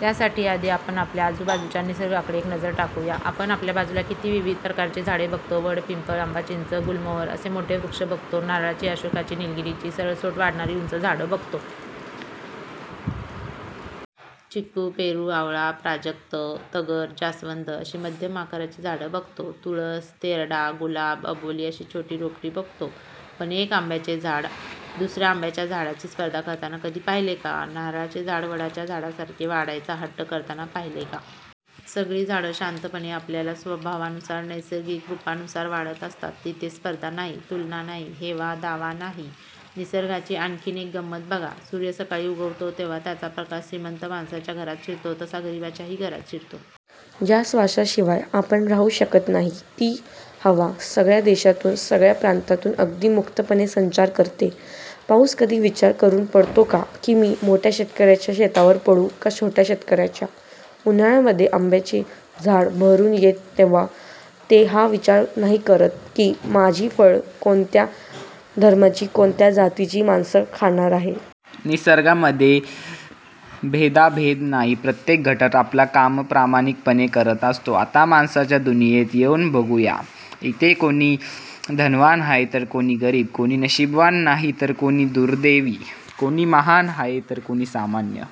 त्यासाठी आधी आपण आपल्या आजूबाजूच्या निसर्गाकडे एक नजर टाकूया. आपण आपल्या बाजूला किती विविध प्रकारची झाडं बघतो. वड, पिंपळ, आंबा, चिंच, गुलमोहर असे मोठे वृक्ष बघतो. नारळाची, अशोकाची, निलगिरीची सरळसोट वाढणारी उंच झाडं बघतो. चिकू, पेरू, आवळा, प्राजक्त, तगर, जास्वंद अशी मध्यम आकाराची झाडं बघतो. तुळस, तेरडा, गुलाब, अबोली अशी छोटी रोपटी बघतो. पण एक आंब्याचे झाड दुसऱ्या आंब्याच्या झाडाची स्पर्धा करताना कधी पाहिलंय का? नारळाचे झाड वडाच्या झाडासारखे वाढायचा हट्ट करताना पाहिलंय का? सगळी झाडं शांतपणे आपापल्या स्वभावानुसार नैसर्गिक रूपानुसार वाढत असतात. तिथे स्पर्धा नाही. तुलना नाही. हेवा दावा नाही. निसर्गाची आणखीन एक गंमत बघा. सूर्य सकाळी उगवतो तेव्हा त्याचा प्रकाश श्रीमंत माणसाच्या घरात शिरतो तसा गरिबाच्या ही घरात शिरतो. ज्या श्वासाशिवाय आपण राहू शकत नाही ती हवा सगळ्या देशातून सगळ्या प्रांतातून अगदी मुक्तपणे संचार करते. पाऊस कधी विचार करून पडतो का की मी मोठ्या शेतकऱ्याच्या शेतावर पडू का छोट्या शेतकऱ्याच्या? उन्हाळ्यामध्ये आंब्याचे झाड बहरून येतं तेव्हा ते हा विचार नाही करत की माझी फळं कोणत्या धर्माची कोणत्या जातीची माणसं खाणार आहेत. निसर्गामध्ये भेदाभेद नाही प्रत्येक घटक आपलं काम प्रामाणिकपणे करत असतो. आता माणसांच्या दुनियेत येऊन बघू या. इथे कोणी धनवान आहे तर कोणी गरीब. कोणी नशीबवान नाही तर कोणी दुर्दैवी. कोणी महान आहे तर कोणी सामान्य.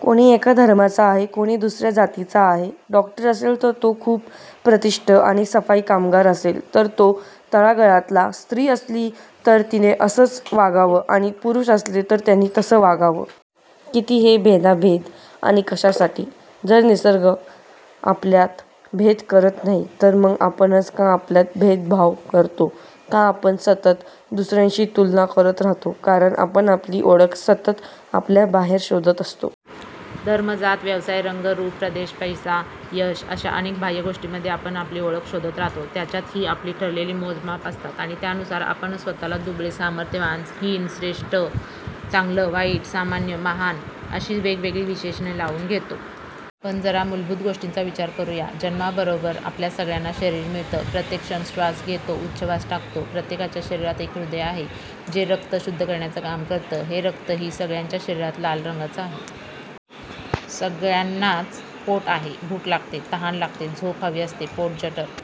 कोणी एका धर्माचा आहे कोणी दुसऱ्या जातीचा आहे. डॉक्टर असेल तर तो खुप प्रतिष्ठित आणि सफाई कामगार असेल तर तो तळागाळातला. स्त्री असली तर तिने असंच वागावं आणि पुरुष असेल तर त्यांनी तसं वागावं. किती हे भेदाभेद आणि कशासाठी? जर निसर्ग आपल्यात भेद करत नाही तर मग आपणच का आपल्यात भेदभाव करतो? का आपण सतत दुसऱ्यांशी तुलना करत राहतो? कारण आपण आपली ओळख सतत आपल्या बाहेर शोधत असतो. धर्म, जात, व्यवसाय, रंग, रूप, प्रदेश, पैसा, यश अशा अनेक बाह्य गोष्टींमध्ये आपण आपली ओळख शोधत राहतो. त्याच्यातही आपली ठरलेली मोजमाप असतात. आणि त्यानुसार आपणच स्वतःला दुबळे-सामर्थ्यवान, हीन-श्रेष्ठ, चांगलं-वाईट, सामान्य महान अशी वेगवेगळी विशेषणे लावून घेतो. पण जरा मूलभूत गोष्टींचा विचार करुया. जन्मा बरोबर आपल्या सगळ्यांना शरीर मिळत. प्रत्येक जण श्वास घेतो उच्छवास टाकतो. प्रत्येकाच्या शरीरात एक हृदय आहे जे रक्त शुद्ध करण्याचं काम करतं. हे रक्त ही सगळ्यांच्या शरीरात लाल रंगाच आहे. सगळ्यांनाच पोट आहे. भूक लागते. तहान लागते. झोप हवी असते. पोट, जठर,